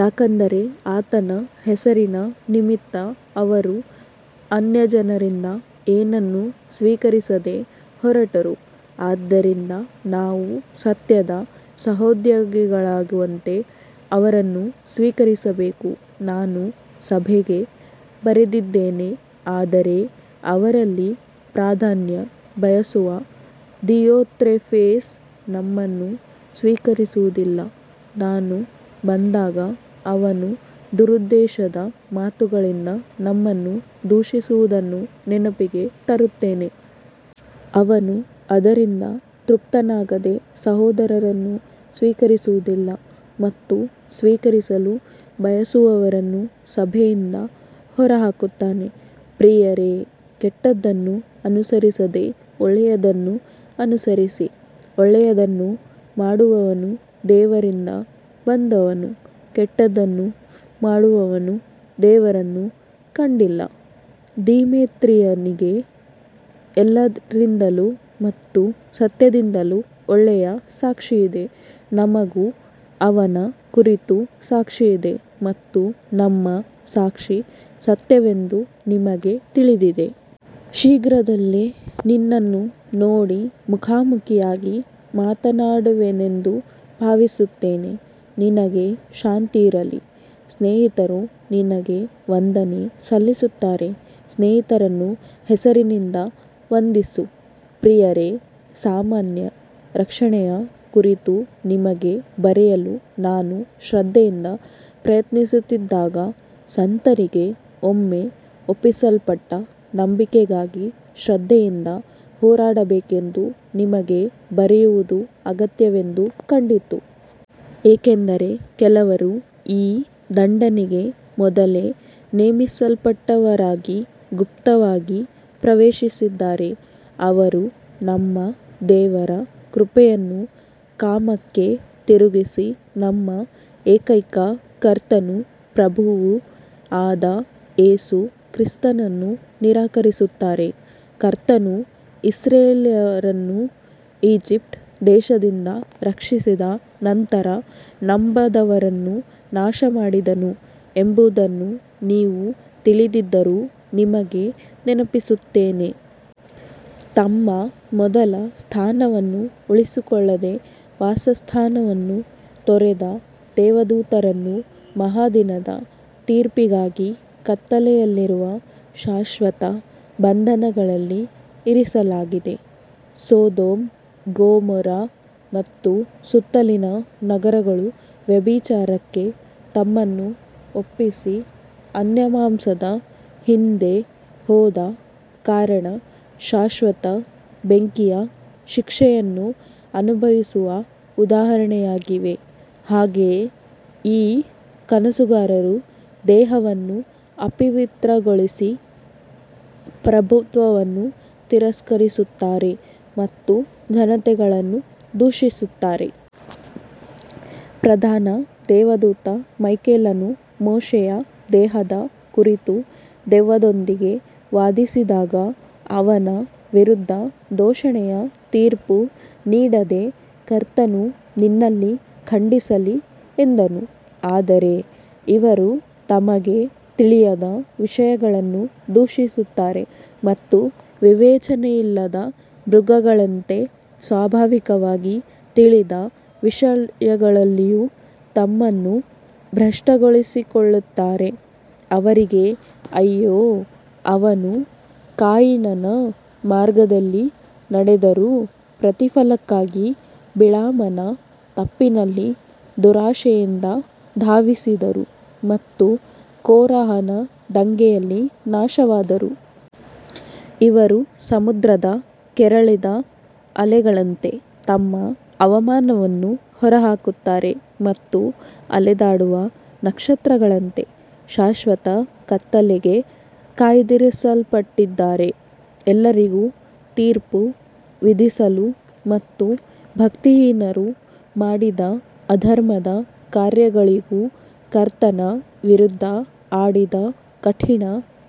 ಯಾಕಂದರೆ ಆತನ ಹೆಸರಿನ ನಿಮಿತ್ತ ಅವರು ಅನ್ಯಜನರಿಂದ ಏನನ್ನೂ ಸ್ವೀಕರಿಸದೆ ಹೊರಟರು. ಆದ್ದರಿಂದ ನಾವು ಸತ್ಯದ ಸಹೋದ್ಯೋಗಿಗಳಾಗುವಂತೆ ಅವರನ್ನು ಸ್ವೀಕರಿಸಬೇಕು. ನಾನು ಸಭೆಗೆ ಬರೆದಿದ್ದೇನೆ, ಆದರೆ ಅವರಲ್ಲಿ ಪ್ರಾಧಾನ್ಯ ಬಯಸುವ ದಿಯೊತ್ರೆಫೇಸ್ ನಮ್ಮನ್ನು ಸ್ವೀಕರಿಸುವುದಿಲ್ಲ. ನಾನು ಬಂದಾಗ ಅವನು ದುರುದ್ದೇಶದ ಮಾತುಗಳಿಂದ ನಮ್ಮನ್ನು ದೂಷಿಸುವುದನ್ನು ನೆನಪಿಗೆ ತರುತ್ತೇನೆ. ಅವನು ಅದರಿಂದ ತೃಪ್ತನಾಗದೆ ಸಹೋದರರನ್ನು ಸ್ವೀಕರಿಸುವುದಿಲ್ಲ ಮತ್ತು ಸ್ವೀಕರಿಸಲು ಬಯಸುವವರನ್ನೂ ಸಭೆಯಿಂದ ಹೊರಹಾಕುತ್ತಾನೆ. ಪ್ರಿಯರೇ, ಕೆಟ್ಟದ್ದನ್ನು ಅನುಸರಿಸದೆ ಒಳ್ಳೆಯದನ್ನು ಅನುಸರಿಸಿರಿ. ಒಳ್ಳೆಯದನ್ನು ಮಾಡುವವನು ದೇವರಿಂದ ಬಂದವನು, ಕೆಟ್ಟದ್ದನ್ನು ಮಾಡುವವನು ದೇವರನ್ನು ಕಂಡಿಲ್ಲ. ದಿಮೇತ್ರಿಯನಿಗೆ ಎಲ್ಲರಿಂದಲೂ ಮತ್ತು ಸತ್ಯದಿಂದಲೂ ಒಳ್ಳೆಯ ಸಾಕ್ಷಿಯಿದೆ. ನಮಗೂ ಅವನ ಕುರಿತು ಸಾಕ್ಷಿಯಿದೆ ಮತ್ತು ನಮ್ಮ ಸಾಕ್ಷಿ ಸತ್ಯವೆಂದು ನಿಮಗೆ ತಿಳಿದಿದೆ. ಶೀಘ್ರದಲ್ಲೇ ನಿನ್ನನ್ನು ನೋಡಿ ಮುಖಾಮುಖಿಯಾಗಿ ಮಾತನಾಡುವೆನೆಂದು ಭಾವಿಸುತ್ತೇನೆ. ನಿನಗೆ ಶಾಂತಿ ಇರಲಿ. ಸ್ನೇಹಿತರು ನಿನಗೆ ವಂದನೆ ಸಲ್ಲಿಸುತ್ತಾರೆ. ಸ್ನೇಹಿತರನ್ನು ಹೆಸರಿನಿಂದ ವಂದಿಸು. ಪ್ರಿಯರೇ, ಸಾಮಾನ್ಯ ರಕ್ಷಣೆಯ ಕುರಿತು ನಿಮಗೆ ಬರೆಯಲು ನಾನು ಶ್ರದ್ಧೆಯಿಂದ ಪ್ರಯತ್ನಿಸುತ್ತಿದ್ದಾಗ, ಸಂತರಿಗೆ ಒಮ್ಮೆ ಒಪ್ಪಿಸಲ್ಪಟ್ಟ ನಂಬಿಕೆಗಾಗಿ ಶ್ರದ್ಧೆಯಿಂದ ಹೋರಾಡಬೇಕೆಂದು ನಿಮಗೆ ಬರೆಯುವುದು ಅಗತ್ಯವೆಂದು ಕಂಡಿತು. ಏಕೆಂದರೆ ಕೆಲವರು ಈ ದಂಡನೆಗೆ ಮೊದಲೇ ನೇಮಿಸಲ್ಪಟ್ಟವರಾಗಿ ಗುಪ್ತವಾಗಿ ಪ್ರವೇಶಿಸಿದ್ದಾರೆ. ಅವರು ನಮ್ಮ ದೇವರ ಕೃಪೆಯನ್ನು ಕಾಮಕ್ಕೆ ತಿರುಗಿಸಿ ನಮ್ಮ ಏಕೈಕ ಕರ್ತನೂ ಪ್ರಭುವೂ ಆದ ಯೇಸು ಕ್ರಿಸ್ತನನ್ನು ನಿರಾಕರಿಸುತ್ತಾರೆ. ಕರ್ತನು ಇಸ್ರಾಯೇಲ್ಯರನ್ನು ಈಜಿಪ್ಟ್ ದೇಶದಿಂದ ರಕ್ಷಿಸಿದ ನಂತರ ನಂಬದವರನ್ನು ನಾಶಮಾಡಿದನು ಎಂಬುದನ್ನು ನೀವು ತಿಳಿದಿದ್ದರೂ ನಿಮಗೆ ನೆನಪಿಸುತ್ತೇನೆ. ತಮ್ಮ ಮೊದಲ ಸ್ಥಾನವನ್ನು ಉಳಿಸಿಕೊಳ್ಳದೆ ವಾಸಸ್ಥಾನವನ್ನು ತೊರೆದ ದೇವದೂತರನ್ನು ಮಹಾದಿನದ ತೀರ್ಪಿಗಾಗಿ ಕತ್ತಲೆಯಲ್ಲಿರುವ ಶಾಶ್ವತ ಬಂಧನಗಳಲ್ಲಿ ಇರಿಸಲಾಗಿದೆ. ಸೊದೊಮ್ ಗೊಮೋರ ಮತ್ತು ಸುತ್ತಲಿನ ನಗರಗಳು ವ್ಯಭಿಚಾರಕ್ಕೆ ತಮ್ಮನ್ನು ಒಪ್ಪಿಸಿ ಅನ್ಯಮಾಂಸದ ಹಿಂದೆ ಹೋದ ಕಾರಣ ಶಾಶ್ವತ ಬೆಂಕಿಯ ಶಿಕ್ಷೆಯನ್ನು ಅನುಭವಿಸುವ ಉದಾಹರಣೆಯಾಗಿವೆ. ಹಾಗೆಯೇ ಈ ಕನಸುಗಾರರು ದೇಹವನ್ನು ಅಪವಿತ್ರಗೊಳಿಸಿ ಪ್ರಭುತ್ವವನ್ನು ತಿರಸ್ಕರಿಸುತ್ತಾರೆ ಮತ್ತು ಘನತೆಗಳನ್ನು ದೂಷಿಸುತ್ತಾರೆ. ಪ್ರಧಾನ ದೇವದೂತ ಮೈಕೇಲನು ಮೋಶೆಯ ದೇಹದ ಕುರಿತು ದೆವ್ವದೊಂದಿಗೆ ವಾದಿಸಿದಾಗ ಅವನ ವಿರುದ್ಧ ದೂಷಣೆಯ ತೀರ್ಪು ನೀಡದೆ, ಕರ್ತನು ನಿನ್ನನ್ನು ಖಂಡಿಸಲಿ ಎಂದನು. ಆದರೆ ಇವರು ತಮಗೆ ತಿಳಿಯದ ವಿಷಯಗಳನ್ನು ದೂಷಿಸುತ್ತಾರೆ ಮತ್ತು ವಿವೇಚನೆಯಿಲ್ಲದ ಮೃಗಗಳಂತೆ ಸ್ವಾಭಾವಿಕವಾಗಿ ತಿಳಿದ ವಿಷಯಗಳಲ್ಲಿಯೂ ತಮ್ಮನ್ನು ಭ್ರಷ್ಟಗೊಳಿಸಿಕೊಳ್ಳುತ್ತಾರೆ. ಅವರಿಗೆ ಅಯ್ಯೋ, ಅವರು ಕಾಯಿನನ ಮಾರ್ಗದಲ್ಲಿ ನಡೆದರು, ಪ್ರತಿಫಲಕ್ಕಾಗಿ ಬಿಳಾಮನ ತಪ್ಪಿನಲ್ಲಿ ದುರಾಶೆಯಿಂದ ಧಾವಿಸಿದರು ಮತ್ತು ಕೋರಹನ ದಂಗೆಯಲ್ಲಿ ನಾಶವಾದರು. ಇವರು ಸಮುದ್ರದ ಕೆರಳಿದ ಅಲೆಗಳಂತೆ ತಮ್ಮ ಅವಮಾನವನ್ನು ಹೊರಹಾಕುತ್ತಾರೆ ಮತ್ತು ಅಲೆದಾಡುವ ನಕ್ಷತ್ರಗಳಂತೆ ಶಾಶ್ವತ ಕತ್ತಲೆಗೆ ಕಾಯ್ದಿರಿಸಲ್ಪಟ್ಟಿದ್ದಾರೆ. ಎಲ್ಲರಿಗೂ ತೀರ್ಪು ವಿಧಿಸಲು ಮತ್ತು ಭಕ್ತಿಹೀನರು ಮಾಡಿದ ಅಧರ್ಮದ ಕಾರ್ಯಗಳಿಗೂ ಕರ್ತನ ವಿರುದ್ಧ ಆಡಿದ ಕಠಿಣ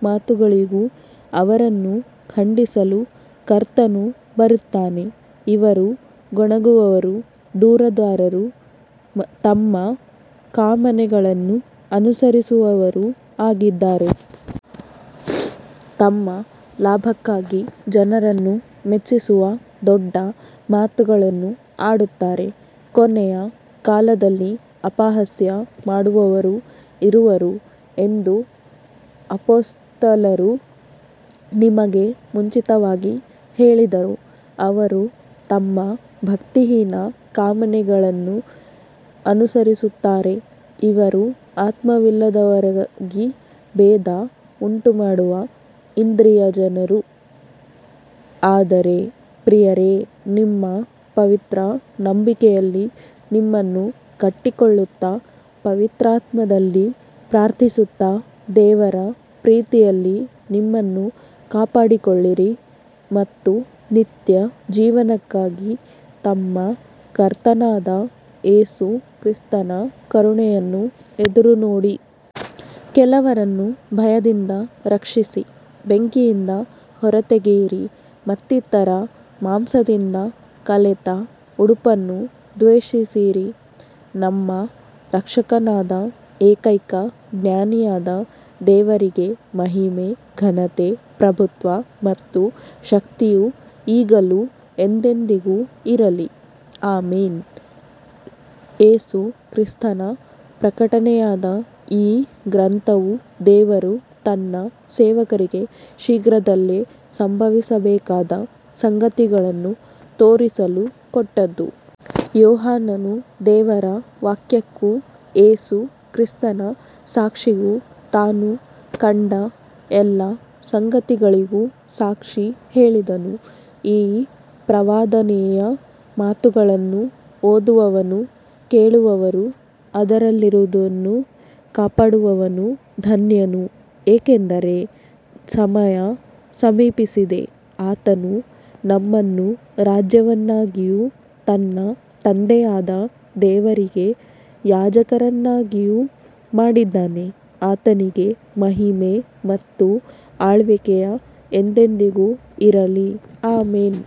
ಮಾತುಗಳಿಗೂ ಅವರನ್ನು ಖಂಡಿಸಲು ಕರ್ತನು ಬರುತ್ತಾನೆ. ಇವರು ಗೊಣಗುವವರೂ ದೂರುದಾರರೂ ತಮ್ಮ ಕಾಮನೆಗಳನ್ನು ಅನುಸರಿಸುವವರೂ ಆಗಿದ್ದಾರೆ. ತಮ್ಮ ಲಾಭಕ್ಕಾಗಿ ಜನರನ್ನು ಮೆಚ್ಚಿಸುವ ದೊಡ್ಡ ಮಾತುಗಳನ್ನು ಆಡುತ್ತಾರೆ. ಕೊನೆಯ ಕಾಲದಲ್ಲಿ ಅಪಹಾಸ್ಯ ಮಾಡುವವರು ಇರುವರು ಎಂದು ಅಪೊಸ್ತಲರು ನಿಮಗೆ ಮುಂಚಿತವಾಗಿ ಹೇಳಿದರು. ಅವರು ತಮ್ಮ ಭಕ್ತಿಹೀನ ಕಾಮನೆಗಳನ್ನು ಅನುಸರಿಸುತ್ತಾರೆ. ಇವರು ಆತ್ಮವಿಲ್ಲದವರಾಗಿ ಭೇದ ಉಂಟುಮಾಡುವ ಇಂದ್ರಿಯಜನರು. ಆದರೆ ಪ್ರಿಯರೇ, ನಿಮ್ಮ ಪವಿತ್ರ ನಂಬಿಕೆಯಲ್ಲಿ ನಿಮ್ಮನ್ನು ಕಟ್ಟಿಕೊಳ್ಳುತ್ತಾ, ಪವಿತ್ರಾತ್ಮದಲ್ಲಿ ಪ್ರಾರ್ಥಿಸುತ್ತಾ, ದೇವರ ಪ್ರೀತಿಯಲ್ಲಿ ನಿಮ್ಮನ್ನು ಕಾಪಾಡಿಕೊಳ್ಳಿರಿ ಮತ್ತು ನಿತ್ಯಜೀವಕ್ಕಾಗಿ ನಮ್ಮ ಕರ್ತನಾದ ಯೇಸು ಕ್ರಿಸ್ತನ ಕರುಣೆಯನ್ನು ಎದುರುನೋಡಿರಿ. ಕೆಲವರನ್ನು ಭಯದಿಂದ ರಕ್ಷಿಸಿ ಬೆಂಕಿಯಿಂದ ಹೊರತೆಗೆಯಿರಿ, ಮತ್ತಿತರರ ಮಾಂಸದಿಂದ ಕಲೆತ ಉಡುಪನ್ನೂ ದ್ವೇಷಿಸಿರಿ. ನಮ್ಮ ರಕ್ಷಕನಾದ ಏಕೈಕ ಜ್ಞಾನಿಯಾದ ದೇವರಿಗೆ ಮಹಿಮೆ, ಘನತೆ, ಪ್ರಭುತ್ವ ಮತ್ತು ಶಕ್ತಿಯು ಈಗಲೂ ಎಂದೆಂದಿಗೂ ಇರಲಿ. ಆಮೆನ್. ಯೇಸು ಕ್ರಿಸ್ತನ ಪ್ರಕಟನೆಯಾದ ಈ ಗ್ರಂಥವು ದೇವರು ತನ್ನ ಸೇವಕರಿಗೆ ಶೀಘ್ರದಲ್ಲೇ ಸಂಭವಿಸಬೇಕಾದ ಸಂಗತಿಗಳನ್ನು ತೋರಿಸಲು ಕೊಟ್ಟದ್ದು. ಯೋಹಾನನು ದೇವರ ವಾಕ್ಯಕ್ಕೂ ಯೇಸು ಕ್ರಿಸ್ತನ ಸಾಕ್ಷಿಗೂ ತಾನು ಕಂಡ ಎಲ್ಲ ಸಂಗತಿಗಳಿಗೂ ಸಾಕ್ಷಿ ಹೇಳಿದನು. ಈ ಪ್ರವಾದನೆಯ ಮಾತುಗಳನ್ನು ಓದುವವನೂ ಕೇಳುವವರೂ ಅದರಲ್ಲಿರುವುದನ್ನು ಕಾಪಾಡುವವನೂ ಧನ್ಯನು, ಏಕೆಂದರೆ ಸಮಯ ಸಮೀಪಿಸಿದೆ. ಆತನು ನಮ್ಮನ್ನು ರಾಜ್ಯವನ್ನಾಗಿಯೂ ತನ್ನ ತಂದೆಯಾದ ದೇವರಿಗೆ ಯಾಜಕರನ್ನಾಗಿಯೂ ಮಾಡಿದ್ದಾನೆ. ಆತನಿಗೆ ಮಹಿಮೆ ಮತ್ತು ಆಳ್ವಿಕೆಯು ಎಂದೆಂದಿಗೂ ಇರಲಿ. ಆಮೆನ್.